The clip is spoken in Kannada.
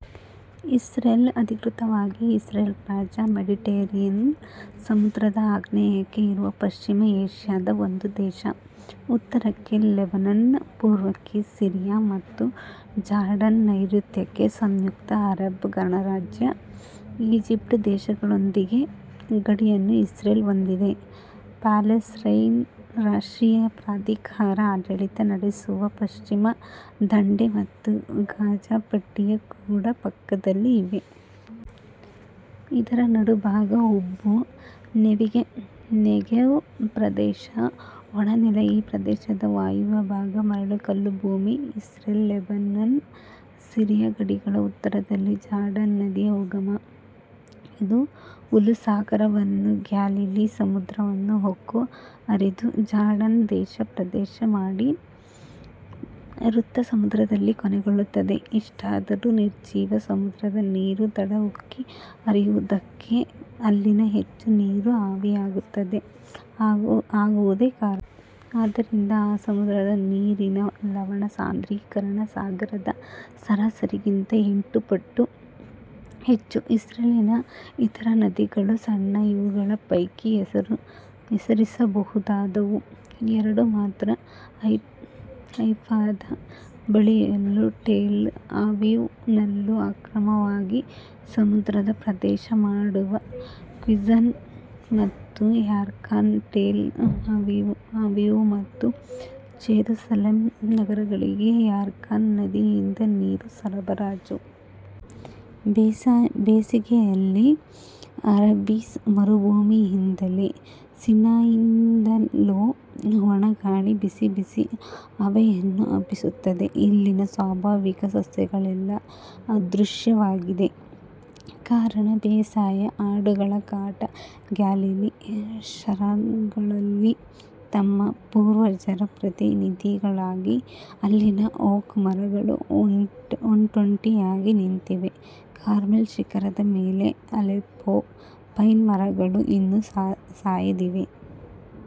ಇಸ್ರೇಲ್, ಅಧಿಕೃತವಾಗಿ ಇಸ್ರೇಲ್ ರಾಜ್ಯ, ಮೆಡಿಟೆರೇನಿಯ ಸಮುದ್ರ ದ ಆಗ್ನೇಯಕ್ಕೆ ಇರುವ ಪಶ್ಚಿಮ ಏಷ್ಯಾ ದ ಒಂದು ದೇಶ. ಉತ್ತರಕ್ಕೆ ಲೆಬನನ್, ಪೂರ್ವಕ್ಕೆ ಸಿರಿಯ ಮತ್ತು ಜಾರ್ಡನ್, ನೈರುತ್ಯಕ್ಕೆ ಸಂಯುಕ್ತ ಅರಬ್ ಗಣರಾಜ್ಯ ಈಜಿಪ್ಟ್ ದೇಶಗಳೊಂದಿಗೆ ಗಡಿಯನ್ನು ಇಸ್ರೇಲ್ ಹೊಂದಿದೆ. ಪ್ಯಾಲೆಸ್ತೈನ್ ರಾಷ್ಟ್ರೀಯ ಪ್ರಾಧಿಕಾರ ಆಡಳಿತ ನಡೆಸುವ ಪಶ್ಚಿಮ ದಂಡೆ ಮತ್ತು ಗಾಜಾ ಪಟ್ಟಿ ಕೂಡ ಪಕ್ಕದಲ್ಲಿ ಇವೆ. ಇದರ ನಡುಭಾಗ ಉಬ್ಬು. ನೆಗೆವ್ ಪ್ರದೇಶ ಒಣನೆಲ. ಈ ಪ್ರದೇಶದ ವಾಯವ್ಯಭಾಗ ಮರಳುಕಲ್ಲುಭೂಮಿ. ಇಸ್ರೇಲ್-ಲೆಬನಾನ್-ಸಿರಿಯ ಗಡಿಗಳ ಉತ್ತರದಲ್ಲಿ ಜಾರ್ಡನ್ ನದಿಯ ಉಗಮ. ಇದು ಹುಲ ಸಾಗರವನ್ನೂ ಗ್ಯಾಲಿಲೀ ಸಮುದ್ರವನ್ನು ಹೊಕ್ಕು ಹರಿದು, ಜಾರ್ಡನ್ ದೇಶ ಪ್ರದೇಶ ಮಾಡಿ, ವೃತ ಸಮುದ್ರದಲ್ಲಿ ಕೊನೆಗೊಳ್ಳುತ್ತದೆ. ಇಷ್ಟಾದರೂ ನಿರ್ಜೀವ ಸಮುದ್ರದ ನೀರು ದಡ ಉಕ್ಕಿ ಹರಿಯದಿರುವುದಕ್ಕೆ ಅಲ್ಲಿನ ಹೆಚ್ಚು ನೀರು ಆವಿಯಾಗುವುದೇ ಕಾರಣ. ಆದ್ದರಿಂದ ಆ ಸಮುದ್ರದ ನೀರಿನ ಲವಣ ಸಾಂದ್ರೀಕರಣ ಸಾಗರದ ಸರಾಸರಿಗಿಂತ ಎಂಟು ಪಟ್ಟು ಹೆಚ್ಚು. ಇಸ್ರೇಲಿನ ಇತರ ನದಿಗಳು ಸಣ್ಣ. ಇವುಗಳ ಪೈಕಿ ಹೆಸರಿಸಬಹುದಾದವು ಎರಡು ಮಾತ್ರ: ಹೈಫದ ಬಳಿಯಲ್ಲೂ ಟೆಲ್ ಅವೀವ್ ನಲ್ಲೂ ಅನುಕ್ರಮವಾಗಿ ಸಮುದ್ರ ಪ್ರವೇಶ ಮಾಡುವ ಕ್ವಿಸನ್ ಮತ್ತು ಯಾರ್ಕನ್. ಟೆಲ್ ಅವೀವ್ ಮತ್ತು ಚೆರೂಸಲೆಂ ನಗರಗಳಿಗೆ ಯಾರ್ಕನ್ ನದಿಯಿಂದ ನೀರು ಸರಬರಾಜು. ಬೇಸಗೆಯಲ್ಲಿ ಅರಬ್ಬೀ ಮರುಭೂಮಿಯಿಂದಲೋ ಸಿನಾಯ್ನಿಂದಲೋ ಒಣಗಾಳಿ ಬಿಸಿ ಬಿಸಿ ಹವೆಯನ್ನು ಹಬ್ಬಿಸುತ್ತದೆ. ಇಲ್ಲಿನ ಸ್ವಾಭಾವಿಕ ಸಸ್ಯಗಳೆಲ್ಲ ಅದೃಶ್ಯವಾಗಿದೆ. ಕಾರಣ ಬೇಸಾಯ, ಆಡುಗಳ ಕಾಟ, ಗ್ಯಾಲಿಲಿ, ಷರಾನ್ಗಳಲ್ಲಿ ತಮ್ಮ ಪೂರ್ವಜರ ಪ್ರತಿ ನಿಧಿಗಳಾಗಿ ಅಲ್ಲಲ್ಲಿ ಓಕ್ ಮರಗಳು ಒಂಟೊಂಟಿಯಾಗಿ ನಿಂತಿವೆ. ಕಾರ್ಮೆಲ್ ಶಿಖರದ ಮೇಲೆ ಅಲೆಪ್ಪೊ ಪೈನ್ ಮರಗಳು ಇನ್ನೂ ಸಾಯದಿವೆ.